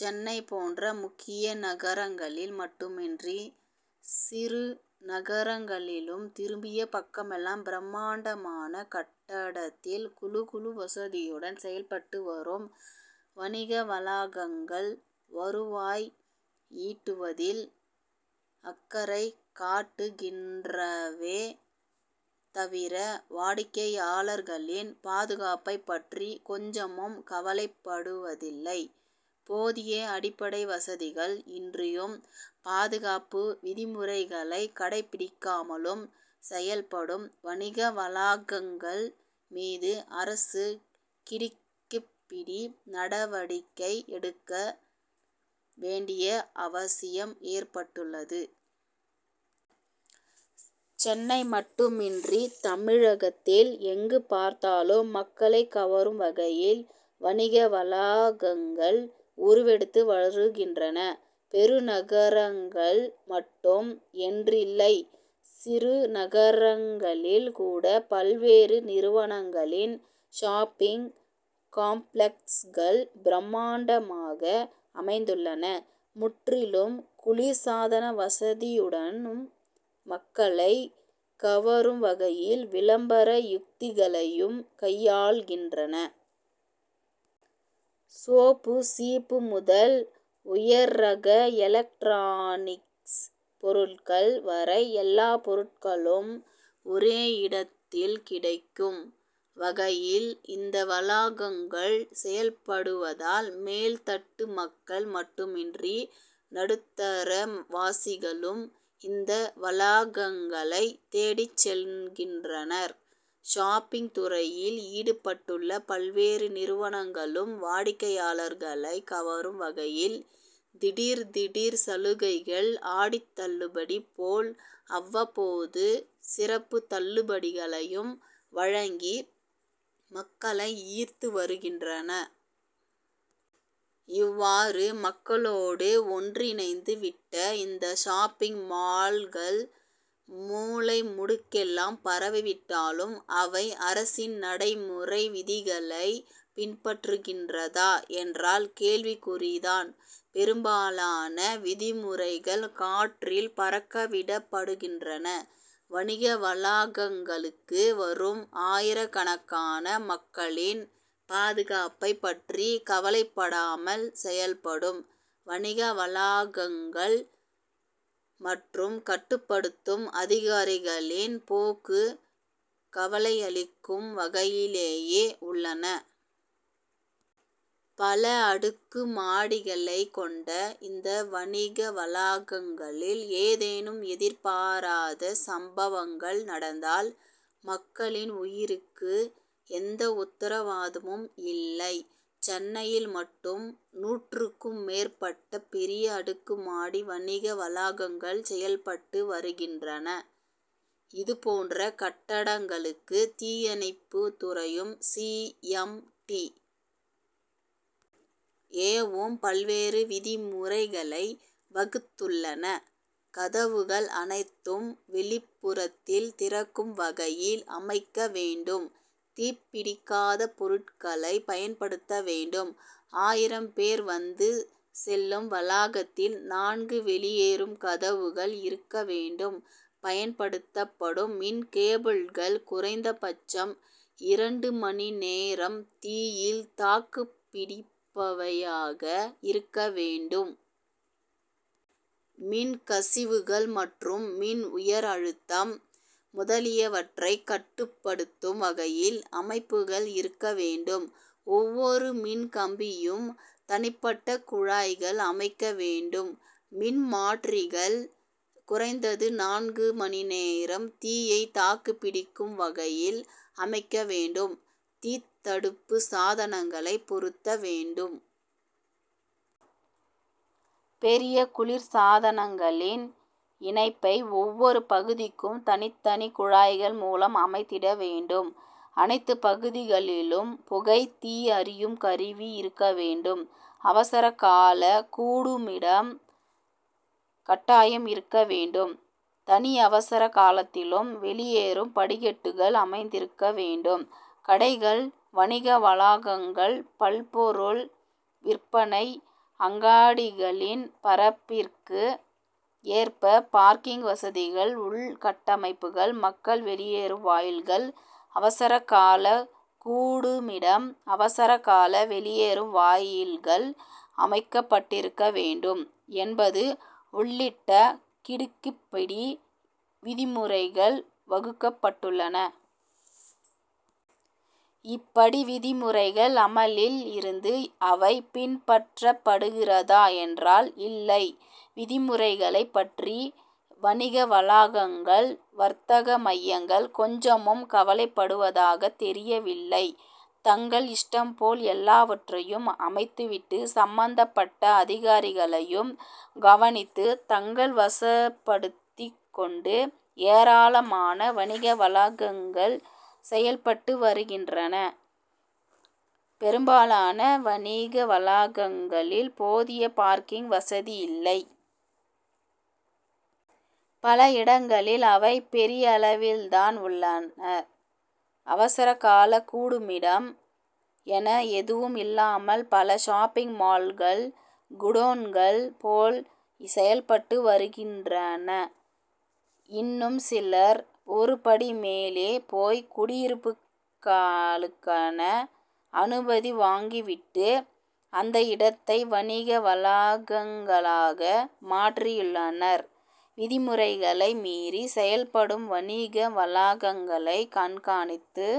சென்னை போன்ற முக்கிய நகரங்களில் மட்டுமின்றி சிறு நகரங்களிலும் திரும்பிய பக்கமெல்லாம் பிரமாண்டமான கட்டடத்தில் குளு குளு வசதியுடன் செயல்பட்டு வரும் வணிக வளாகங்கள் வருவாய் ஈட்டுவதில் அக்கறை காட்டுகின்றவே தவிர வாடிக்கையாளர்களின் பாதுகாப்பைப் பற்றி கொஞ்சமும் கவலைப்படுவதில்லை. போதிய அடிப்படை வசதிகள் இன்றியும் பாதுகாப்பு விதிமுறைகளைக் கடைபிடிக்காமலும் செயல்படும் வணிக வளாகங்கள் மீது அரசு கிடுக்கிப்பிடி நடவடிக்கை எடுக்க வேண்டிய அவசியம் ஏற்பட்டுள்ளது. சென்னை மட்டுமின்றி தமிழகத்தில் எங்கு பார்த்தாலும் மக்களைக் கவரும் வகையில் வணிக வளாகங்கள் உருவெடுத்து வருகின்றன. பெருநகரங்கள் மட்டும் என்றில்லை சிறு நகரங்களில் கூட பல்வேறு நிறுவனங்களின் ஷாப்பிங் காம்ப்ளக்ஸ்கள் பிரமாண்டமாக அமைந்துள்ளன. முற்றிலும் குளிர் சாதன வசதியுடனும் மக்களைக் கவரும் வகையில் விளம்பர யுத்திகளையும் கையாள்கின்றன. சோப்பு சீப்பு முதல் உயர்ரக எலக்டிரானிக்ஸ் பொருட்கள் வரை எல்லா பொருட்களும் ஒரே இடத்தில் கிடைக்கும் வகையில் இந்த வளாகங்கள் செயல்படுவதால் மேல்தட்டு மக்கள் மட்டுமின்றி நடுத்தர வாசிகளும் இந்த வளாகங்களை தேடிச் செல்கின்றனர். ஷாப்பிங் துறையில் ஈடுபட்டுள்ள பல்வேறு நிறுவனங்களும் வாடிக்கையாளர்களை கவரும் வகையில் திடீர் திடீர் சலுகைகள் ஆடித் தள்ளுபடி போல் அவ்வப்போது சிறப்புத் தள்ளுபடிகளையும் வழங்கி மக்களை ஈர்த்து வருகின்றன. இவ்வாறு மக்களோடு ஒன்றிணைந்து விட்ட இந்த ஷாப்பிங் மால்கள் மூலை முடுக்கெல்லாம் பரவிவிட்டாலும் அவை அரசின் நடைமுறை விதிகளை பின்பற்றுகின்றதா என்றால் கேள்விக்குறிதான். பெரும்பாலான விதிமுறைகள் காற்றில் பறக்க விடப்படுகின்றன. வணிக வளாகங்களுக்கு வரும் ஆயிரக்கணக்கான மக்களின் பாதுகாப்பைப் பற்றி கவலைப்படாமல் செயல்படும் வணிக வளாகங்கள் மற்றும் கட்டுப்படுத்தும் அதிகாரிகளின் போக்கு கவலையளிக்கும் வகையிலேயே உள்ளன. பல அடுக்கு மாடிகளைக் கொண்ட இந்த வணிக வளாகங்களில் ஏதேனும் எதிர்பாராத சம்பவங்கள் நடந்தால் மக்களின் உயிருக்கு எந்த உத்தரவாதமும் இல்லை. சென்னையில் மட்டும் நூற்றுக்கும் மேற்பட்ட பெரிய அடுக்குமாடி வணிக வளாகங்கள் செயல்பட்டு வருகின்றன. இதுபோன்ற கட்டடங்களுக்கு தீயணைப்புத் துறையும் சி. எம். டி. ஏ.வும் பல்வேறு விதிமுறைகளை வகுத்துள்ளன. கதவுகள் அனைத்தும் வெளிப்புறத்தில் திறக்கும் வகையில் அமைக்க வேண்டும். தீப்பிடிக்காத பொருட்களை பயன்படுத்த வேண்டும். ஆயிரம் பேர் வந்து செல்லும் வளாகத்தில் நான்கு வெளியேறும் கதவுகள் இருக்க வேண்டும். பயன்படுத்தப்படும் மின் கேபிள்கள் குறைந்தபட்சம் இரண்டு மணி நேரம் தீயில் தாக்குப்பிடிப்பவையாக இருக்க வேண்டும். மின் கசிவுகள் மற்றும் மின் உயர் அழுத்தம் முதலியவற்றை கட்டுப்படுத்தும் வகையில் அமைப்புகள் இருக்க வேண்டும். ஒவ்வொரு மின் கம்பியும் தனிப்பட்ட குழாய்களில் அமைக்க வேண்டும். மின்மாற்றிகள் குறைந்தது நான்கு மணி நேரம் தீயை தாக்குப்பிடிக்கும் வகையில் அமைக்க வேண்டும். தீத்தடுப்பு சாதனங்களை பொருத்த வேண்டும். பெரிய குளிர் சாதனங்களின் இணைப்பை ஒவ்வொரு பகுதிக்கும் தனித்தனி குழாய்கள் மூலம் அமைத்திட வேண்டும். அனைத்து பகுதிகளிலும் புகை தீ அறியும் கருவி இருக்க வேண்டும். அவசர கால கூடுமிடம் கட்டாயம் இருக்க வேண்டும். தனி அவசர காலத்திலும் வெளியேறும் படிக்கட்டுக்கள் அமைந்திருக்க வேண்டும். கடைகள் வணிக வளாகங்கள் பல்பொருள் விற்பனை அங்காடிகளின் பரப்பிற்கு ஏற்ப பார்க்கிங் வசதிகள் உள் கட்டமைப்புகள் மக்கள் வெளியேறும் வாயில்கள் அவசர கால கூடுமிடம் அவசரகால வெளியேறும் வாயில்கள் அமைக்கப்பட்டிருக்க வேண்டும் என்பது உள்ளிட்ட கிடுக்குப்பிடி விதிமுறைகள் வகுக்கப்பட்டுள்ளன. இப்படி விதிமுறைகள் அமலில் இருந்தும் அவை பின்பற்றப்படுகிறதா என்றால் இல்லை. விதிமுறைகளைப் பற்றி வணிக வளாகங்கள் வர்த்தக மையங்கள் கொஞ்சமும் கவலைப்படுவதாக தெரியவில்லை. தங்கள் இஷ்டம்போல் எல்லாவற்றையும் அமைத்துவிட்டு சம்பந்தப்பட்ட அதிகாரிகளையும் கவனித்து தங்கள் வசப்படுத்திக் கொண்டு ஏராளமான வணிக வளாகங்கள் செயல்பட்டு வருகின்றன. பெரும்பாலான வணிக வளாகங்களில் போதிய பார்க்கிங் வசதியில்லை. பல இடங்களில் அவை பெயரளவில்தான் உள்ளன. அவசர கால கூடுமிடம் என எதுவும் இல்லாமல் பல ஷாப்பிங் மால்கள் குடோன்கள் போல் செயல்பட்டு வருகின்றன. இன்னும் சிலர் ஒரு படி மேலே போய் குடியிருப்புக்களுக்கென அனுமதி வாங்கிவிட்டு அந்த இடத்தை வணிக வளாகங்களாக மாற்றியுள்ளனர். விதிமுறைகளை மீறி செயல்படும் வணிக வளாகங்களை கண்காணித்து